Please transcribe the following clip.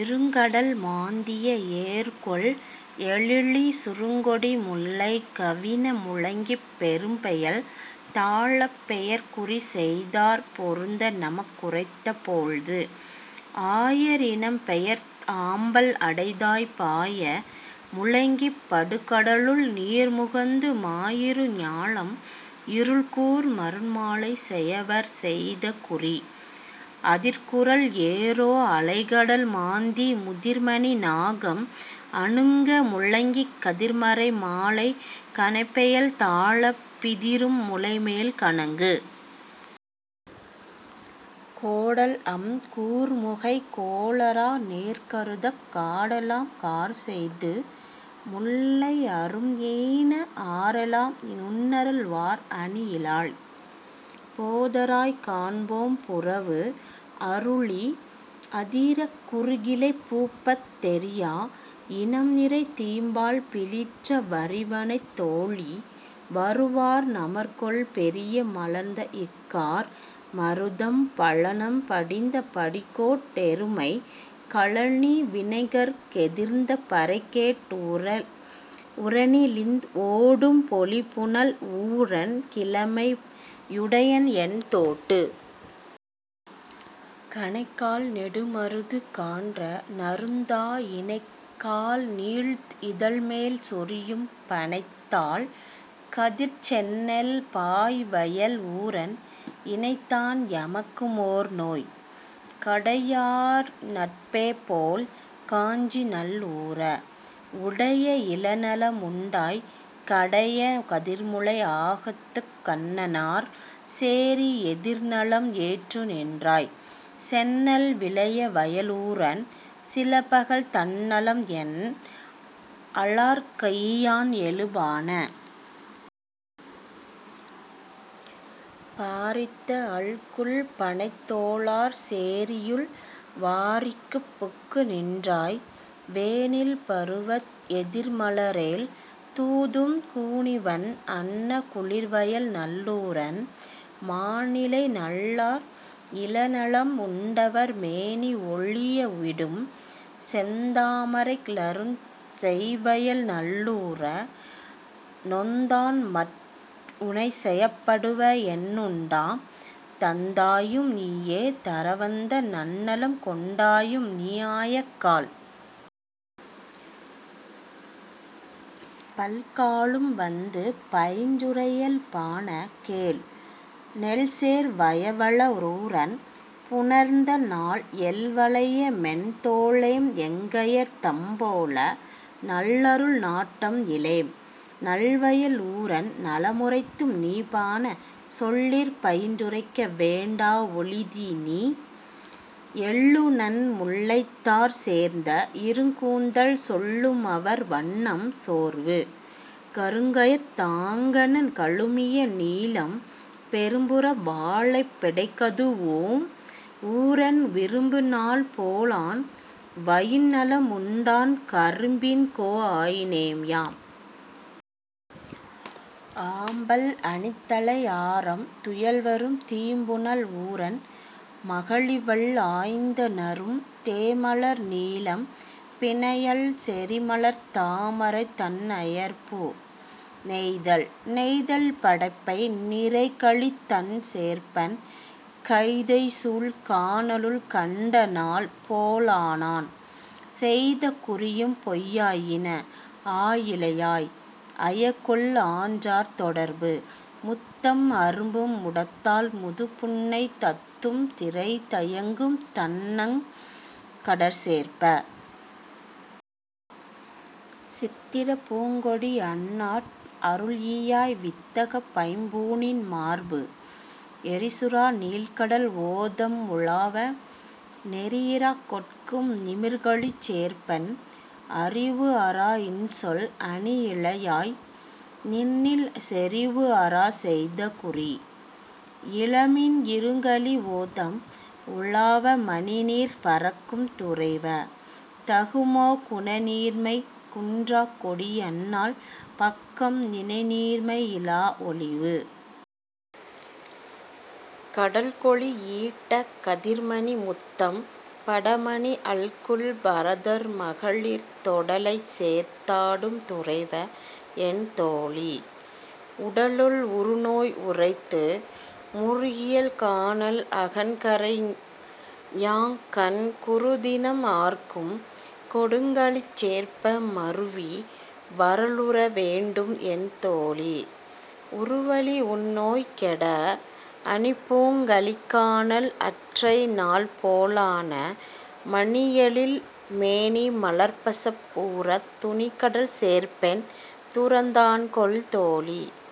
இருங்கடல் மாந்திய ஏர்கொள் எழிலி சுருங்கொடி முல்லை கவின முழங்கிப் பெரும்பெயல் தாழப் பெயர்குறி செய்தார் பொருந்த நமக்குரைத்த போழ்து. ஆயர் இனம்பெயர்த் ஆம்பல் அடைதாய் பாய முழங்கிப் படுகடலுள் நீர்முகந்து மாயிரு ஞாலம் இருள்கூர் மருண்மாலை செயவர் செய்த குறி. அதிர்குரல் ஏறோ அலைகடல் மாந்தி முதிர்மணி நாகம் அனுங்க முழங்கிக் கதிர்மறை மாலை கனைபெயல் தாழப் பிதிரும் முலைமேல் கணங்கு. கோடல்அம் கூர்முகை கோளரா நேர்கருதக் காடெலாம் கார்செய்து முல்லை அரும்ஈன ஆறெலாம் நுண்ணறல் வார் அணியிழாய்! போதராய் காண்பாம் புறவு. அருளி அதிரக் குருகிலை பூப்பத் தெரிஆ இனம்நிறை தீம்பால் பிலிற்ற வரிவனைத் தோளி! வருவார் நமர்கொல் பெரிய மலர்ந்தஇக் கார்.. மருதம் பழனம் படிந்த படுகோட் எருமை கழனி வினைஞர்க் எதிர்ந்த பறைகேட் உரனிழிந் ஓடும் ஒலிபுனல் ஊரன் கிழமை யுடையன்என் தோட்டு. கணைக்கால் நெடுமருது கான்ற நறுந்தா இணைக்கால் நீலத் இதழ்மேல் சொரியும் பணைத்தாள் கதிர்ச்செந்நெல் பாய்வயல் ஊரன் இணைத்தான் எமக்குமோர் நோய். கடையாயார் நட்பேபோல் காஞ்சிநல் ஊர! உடைய இளநலம் உண்டாய் கடைய கதிர்முலை ஆகத்துக் கண்ணன்னார் சேரி எதிர்நலம் ஏற்றுநின் றாய். செந்நெல் விளைவய லூரன் சிலபகல் தன்னலம் என்அலார்க் ஈயான் எழுபாண! பாரித்த அல்குல் பணைத்தோளார் சேரியுள் வாரிக்குப் புக்குநின் றாய். வேனிற் பருவத் எதிர்மலரேல் தூதும் கூனிவண் அன்ன குளிர்வயல் நல்லூரன் மாணிழை நல்லார் இளநலம் உண்டவர் மேனி ஒழிய விடும். செந்தா மரைலருஞ் செய்வயல் நல்லூர! நொந்தான்மற் உன்னைச் செயப்படுவ என்னுண்டாம் தந்தாயும் நீயே தரவந்த நன்னலம் கொண்டாயும் நீஆயக் கால். பல்காலும் வந்து பயின்றுரையல் பாண! கேள் நெல்சேர் வயவல லூரன் புணர்ந்தநாள் எல்வளைய மென்தோளேம் எங்கையர் தம்போல நல்லஅருள் நாட்டம்இ லேம். நல்வயல் ஊரன் நலமுரைத்தும் நீபாண! சொல்லிற் பயின்றுரைக்க வேண்டா ஒழிதிநீ எல்லுநன் முல்லைத்தார் சேர்ந்த இருங்கூந்தல் சொல்லுமவர் வண்ணம் சோர்வு. கருங்கயத் ஆங்கண கழுமிய நீலம் பெரும்புற வாளைப் பெடைகதூஉம் ஊரன் விரும்புநாள் போலான் வயின்நலம் உண்டான் கரும்பின்கோ ஆயினேம் யாம். ஆம்பல் அணித்தழை ஆரம் துயல்வரும் தீம்புனல் ஊரன் மகளிவள் ஆய்ந்தநறும் தேமலர் நீலம் பிணையல் செறிமலர்த் தாமரை தன்ஐயர் பூ.. நெய்தல் நெய்தல் படப்பை நிறைகழித் தண்சேர்ப்பன் கைதைசூழ் கானலுள் கண்டநாள் போலானான் செய்த குறியும்பொய் யாயின ஆயிழையாய்! ஐயகொல் ஆன்றார் தொடர்பு. முத்தம் அரும்பும் முடத்தாள் முதுபுன்னை தத்தும் திரைதயங்கும் தண்ணங் கடற்சேர்ப்ப! சித்திரப் பூங்கொடி அன்னாட் அருள்ஈயாய் வித்தகப் பைம்பூணின் மார்பு. எறிசுறா நீள்கடல் ஓதம் உலாவ நெறியிறாக் கொட்கும் நிமிர்கழிச் சேர்ப்பன் அறிவுஅறா இன்சொல் அணியிழையாய்! நின்னில் செறிவுஅறா செய்த குறி. இளமீன் இருங்கழி ஓதம் உலாவ மணிநீர் பரக்கும் துறைவ! தகுமோ குணநீர்மை குன்றாக் கொடியன்னாள் பக்கம் நினைநீர்மை இல்லா ஒழிவு. கடல்கொழித் ஈட்ட கதிர்மணி முத்தம் படமணி அல்குல் பரதர் மகளிர் தொடலைசேர்த் ஆடும் துறைவ! என்தோழி! உடலுள் உறுநோய் உரைத்து. முருகியல் கானல் அகன்கரை யாங்கண் குருதினம் ஆர்க்கும் கொடுங்கழிச் சேர்ப்ப மருவி வரலுற வேண்டும்என் தோழி உருவழி உன்நோய் கெட. அணிபூங் கழிக்கானல் அற்றைநாள் போலான மணியெழில் மேனி மலர்பசப் ஊரத் துணிகடல் சேர்ப்பன் துறந்தான்கொல் தோழி!